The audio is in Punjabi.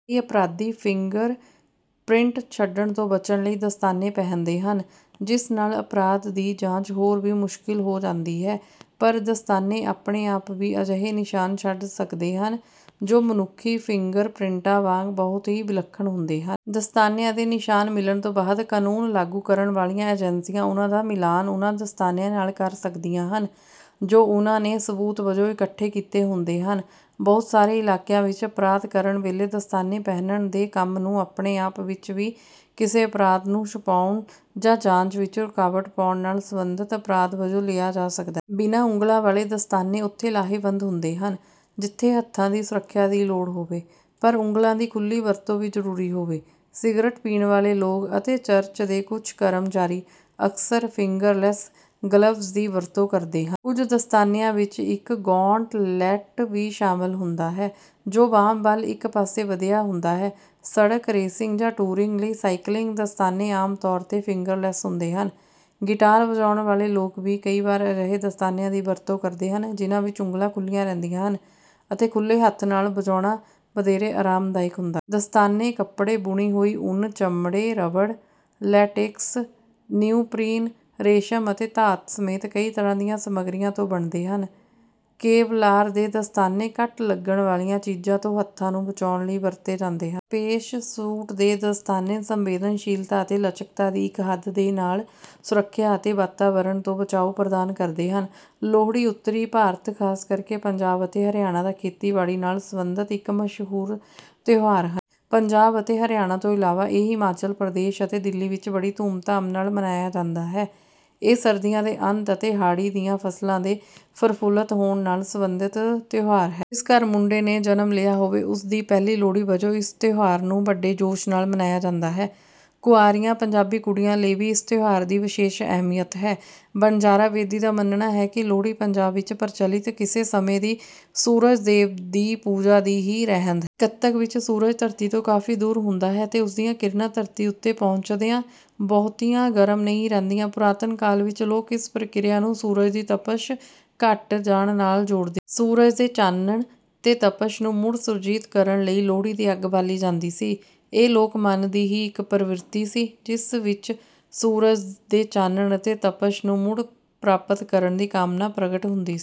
ਕਈ ਅਪਰਾਧੀ ਫਿੰਗਰਪ੍ਰਿੰਟ ਛੱਡਣ ਤੋਂ ਬਚਣ ਲਈ ਦਸਤਾਨੇ ਪਹਿਨਦੇ ਹਨ, ਜਿਸ ਨਾਲ ਅਪਰਾਧ ਦੀ ਜਾਂਚ ਹੋਰ ਵੀ ਮੁਸ਼ਕਲ ਹੋ ਜਾਂਦੀ ਹੈ। ਪਰ ਦਸਤਾਨੇ ਆਪਣੇ ਆਪ ਵੀ ਅਜਿਹੇ ਨਿਸ਼ਾਨ ਛੱਡ ਸਕਦੇ ਹਨ, ਜੋ ਮਨੁੱਖੀ ਫਿੰਗਰਪ੍ਰਿੰਟਾਂ ਵਾਂਗ ਬਹੁਤ ਹੀ ਵਿਲੱਖਣ ਹੁੰਦੇ ਹਨ। ਦਸਤਾਨਿਆਂ ਦੇ ਨਿਸ਼ਾਨ ਮਿਲਣ ਤੋਂ ਬਾਅਦ, ਕਾਨੂੰਨ ਲਾਗੂ ਕਰਨ ਵਾਲੀਆਂ ਏਜੰਸੀਆਂ ਉਨ੍ਹਾਂ ਦਾ ਮਿਲਾਨ ਉਨ੍ਹਾਂ ਦਸਤਾਨਿਆਂ ਨਾਲ ਕਰ ਸਕਦੀਆਂ ਹਨ, ਜੋ ਉਨ੍ਹਾਂ ਨੇ ਸਬੂਤ ਵਜੋਂ ਇਕੱਠੇ ਕੀਤੇ ਹੁੰਦੇ ਹਨ। ਬਹੁਤ ਸਾਰੇ ਇਲਾਕਿਆਂ ਵਿੱਚ ਅਪਰਾਧ ਕਰਨ ਵੇਲੇ ਦਸਤਾਨੇ ਪਹਿਨਣ ਦੇ ਕੰਮ ਨੂੰ ਆਪਣੇ ਆਪ ਵਿੱਚ ਵੀ ਕਿਸੇ ਅਪਰਾਧ ਨੂੰ ਛੁਪਾਉਣ ਜਾਂ ਜਾਂਚ ਵਿੱਚ ਰੁਕਾਵਟ ਪਾਉਣ ਨਾਲ ਸਬੰਧਤ ਅਪਰਾਧ ਵਜੋਂ ਲਿਆ ਜਾ ਸਕਦਾ। ਬਿਨਾਂ ਉਂਗਲਾਂ ਵਾਲੇ ਦਸਤਾਨੇ ਉੱਥੇ ਲਾਹੇਵੰਦ ਹੁੰਦੇ ਹਨ, ਜਿੱਥੇ ਹੱਥਾਂ ਦੀ ਸੁਰੱਖਿਆ ਦੀ ਲੋੜ ਹੋਵੇ, ਪਰ ਉਂਗਲਾਂ ਦੀ ਖੁੱਲ੍ਹੀ ਵਰਤੋਂ ਵੀ ਜ਼ਰੂਰੀ ਹੋਵੇ। ਸਿਗਰਟ ਪੀਣ ਵਾਲੇ ਲੋਕ ਅਤੇ ਚਰਚ ਦੇ ਕੁਝ ਕਰਮਚਾਰੀ ਅਕਸਰ ਫਿੰਗਰਲੈੱਸ ਗਲਵਜ਼ ਦੀ ਵਰਤੋਂ ਕਰਦੇ ਹਨ। ਕੁਝ ਦਸਤਾਨਿਆਂ ਵਿੱਚ ਇੱਕ ਗੌਂਟਲੈੱਟ ਵੀ ਸ਼ਾਮਲ ਹੁੰਦਾ ਹੈ, ਜੋ ਬਾਂਹ ਵੱਲ ਇੱਕ ਪਾਸੇ ਵਧਿਆ ਹੁੰਦਾ ਹੈ। ਸੜਕ-ਰੇਸਿੰਗ ਜਾਂ ਟੂਰਿੰਗ ਲਈ ਸਾਈਕਲਿੰਗ ਦਸਤਾਨੇ ਆਮ ਤੌਰ ’ਤੇ ਫਿੰਗਰਲੈੱਸ ਹੁੰਦੇ ਹਨ। ਗਿਟਾਰ ਵਜਾਉਣ ਵਾਲੇ ਲੋਕ ਵੀ ਕਈ ਵਾਰ ਅਜਿਹੇ ਦਸਤਾਨਿਆਂ ਦੀ ਵਰਤੋਂ ਕਰਦੇ ਹਨ, ਜਿਨ੍ਹਾਂ ਵਿੱਚ ਉਂਗਲਾਂ ਖੁੱਲ੍ਹੀਆਂ ਰਹਿੰਦੀਆਂ ਹਨ ਅਤੇ ਖੁੱਲ੍ਹੇ ਹੱਥ ਨਾਲ ਵਜਾਉਣਾ ਵਧੇਰੇ ਆਰਾਮਦਾਇਕ ਹੁੰਦਾ। ਦਸਤਾਨੇ ਕੱਪੜੇ, ਬੁਣੀ ਹੋਈ ਉੱਨ, ਚਮੜੇ, ਰਬੜ, ਲੈਟੇਕਸ, ਨਿਓਪਰੀਨ, ਰੇਸ਼ਮ ਅਤੇ ਧਾਤ ਸਮੇਤ ਕਈ ਤਰ੍ਹਾਂ ਦੀਆਂ ਸਮੱਗਰੀਆਂ ਤੋਂ ਬਣਦੇ ਹਨ। ਕੇਵਲਾਰ ਦੇ ਦਸਤਾਨੇ ਕੱਟ ਲੱਗਣ ਵਾਲੀਆਂ ਚੀਜ਼ਾਂ ਤੋਂ ਹੱਥਾਂ ਨੂੰ ਬਚਾਉਣ ਲਈ ਵਰਤੇ ਜਾਂਦੇ ਹਨ। ਸਪੇਸ-ਸੂਟ ਦੇ ਦਸਤਾਨੇ ਸੰਵੇਦਨਸ਼ੀਲਤਾ ਅਤੇ ਲਚਕਤਾ ਦੀ ਇੱਕ ਹੱਦ ਦੇ ਨਾਲ ਸੁਰੱਖਿਆ ਅਤੇ ਵਾਤਾਵਰਣ ਤੋਂ ਬਚਾਅ ਪ੍ਰਦਾਨ ਕਰਦੇ ਹਨ। ਲੋਹੜੀ ਉੱਤਰੀ ਭਾਰਤ, ਖ਼ਾਸ ਕਰਕੇ ਪੰਜਾਬ ਅਤੇ ਹਰਿਆਣਾ ਦਾ ਖੇਤੀਬਾੜੀ ਨਾਲ ਸਬੰਧਤ ਇੱਕ ਮਸ਼ਹੂਰ ਤਿਉਹਾਰ ਹੈ। ਪੰਜਾਬ ਅਤੇ ਹਰਿਆਣਾ ਤੋਂ ਇਲਾਵਾ ਇਹ ਹਿਮਾਚਲ ਪ੍ਰਦੇਸ਼ ਅਤੇ ਦਿੱਲੀ ਵਿੱਚ ਵੀ ਬੜੀ ਧੂਮ-ਧਾਮ ਨਾਲ ਮਨਾਇਆ ਜਾਂਦਾ ਹੈ। ਇਹ ਸਰਦੀਆਂ ਦੇ ਅੰਤ ਅਤੇ ਹਾੜ੍ਹੀ ਦੀਆਂ ਫ਼ਸਲਾਂ ਦੇ ਪ੍ਰਫੁੱਲਤ ਹੋਣ ਨਾਲ ਸਬੰਧਤ ਤਿਉਹਾਰ ਹੈ। ਜਿਸ ਘਰ ਮੁੰਡੇ ਨੇ ਜਨਮ ਲਿਆ ਹੋਵੇ, ਉਸ ਦੀ ਪਹਿਲੀ ਲੋਹੜੀ ਵਜੋਂ ਇਸ ਤਿਉਹਾਰ ਨੂੰ ਵੱਡੇ ਜੋਸ਼ ਨਾਲ ਮਨਾਇਆ ਜਾਂਦਾ ਹੈ। ਕੁਆਰੀਆਂ ਪੰਜਾਬੀ ਕੁੜੀਆਂ ਲਈ ਵੀ ਇਸ ਤਿਉਹਾਰ ਦੀ ਵਿਸ਼ੇਸ਼ ਅਹਿਮੀਅਤ ਹੈ। ਵਣਜਾਰਾ ਬੇਦੀ ਦਾ ਮੰਨਣਾ ਹੈ ਕਿ “ਲੋਹੜੀ ਪੰਜਾਬ ਵਿੱਚ ਪ੍ਰਚੱਲਿਤ ਕਿਸੇ ਸਮੇਂ ਦੀ ਸੂਰਜ-ਦੇਵ ਦੀ ਪੂਜਾ ਦੀ ਹੀ ਰਹਿੰਦ। ਕੱਤਕ ਵਿੱਚ ਸੂਰਜ ਧਰਤੀ ਤੋਂ ਕਾਫ਼ੀ ਦੂਰ ਹੁੰਦਾ ਹੈ ਤੇ ਉਸ ਦੀਆਂ ਕਿਰਨਾਂ ਧਰਤੀ ਉੱਤੇ ਪਹੁੰਚਦਿਆਂ ਬਹੁਤੀਆਂ ਗਰਮ ਨਹੀਂ ਰਹਿੰਦੀਆਂ। ਪੁਰਾਤਨ ਕਾਲ ਵਿੱਚ ਲੋਕ ਇਸ ਪ੍ਰਕਿਰਿਆ ਨੂੰ ਸੂਰਜ ਦੀ ਤਪਸ਼ ਘਟ ਜਾਣ ਨਾਲ ਜੋੜਦੇ । ਸੂਰਜ ਦੇ ਚਾਨਣ ਤੇ ਤਪਸ਼ ਨੂੰ ਮੁੜ ਸੁਰਜੀਤ ਕਰਨ ਲਈ ਲੋਹੜੀ ਦੀ ਅੱਗ ਬਾਲੀ ਜਾਂਦੀ ਸੀ। ਇਹ ਲੋਕ-ਮਨ ਦੀ ਹੀ ਇੱਕ ਪ੍ਰਵਿਰਤੀ ਸੀ, ਜਿਸ ਵਿੱਚ ਸੂਰਜ ਦੇ ਚਾਨਣ ਅਤੇ ਤਪਸ਼ ਨੂੰ ਮੁੜ ਪ੍ਰਾਪਤ ਕਰਨ ਦੀ ਕਾਮਨਾ ਪ੍ਰਗਟ ਹੁੰਦੀ ਸੀ।”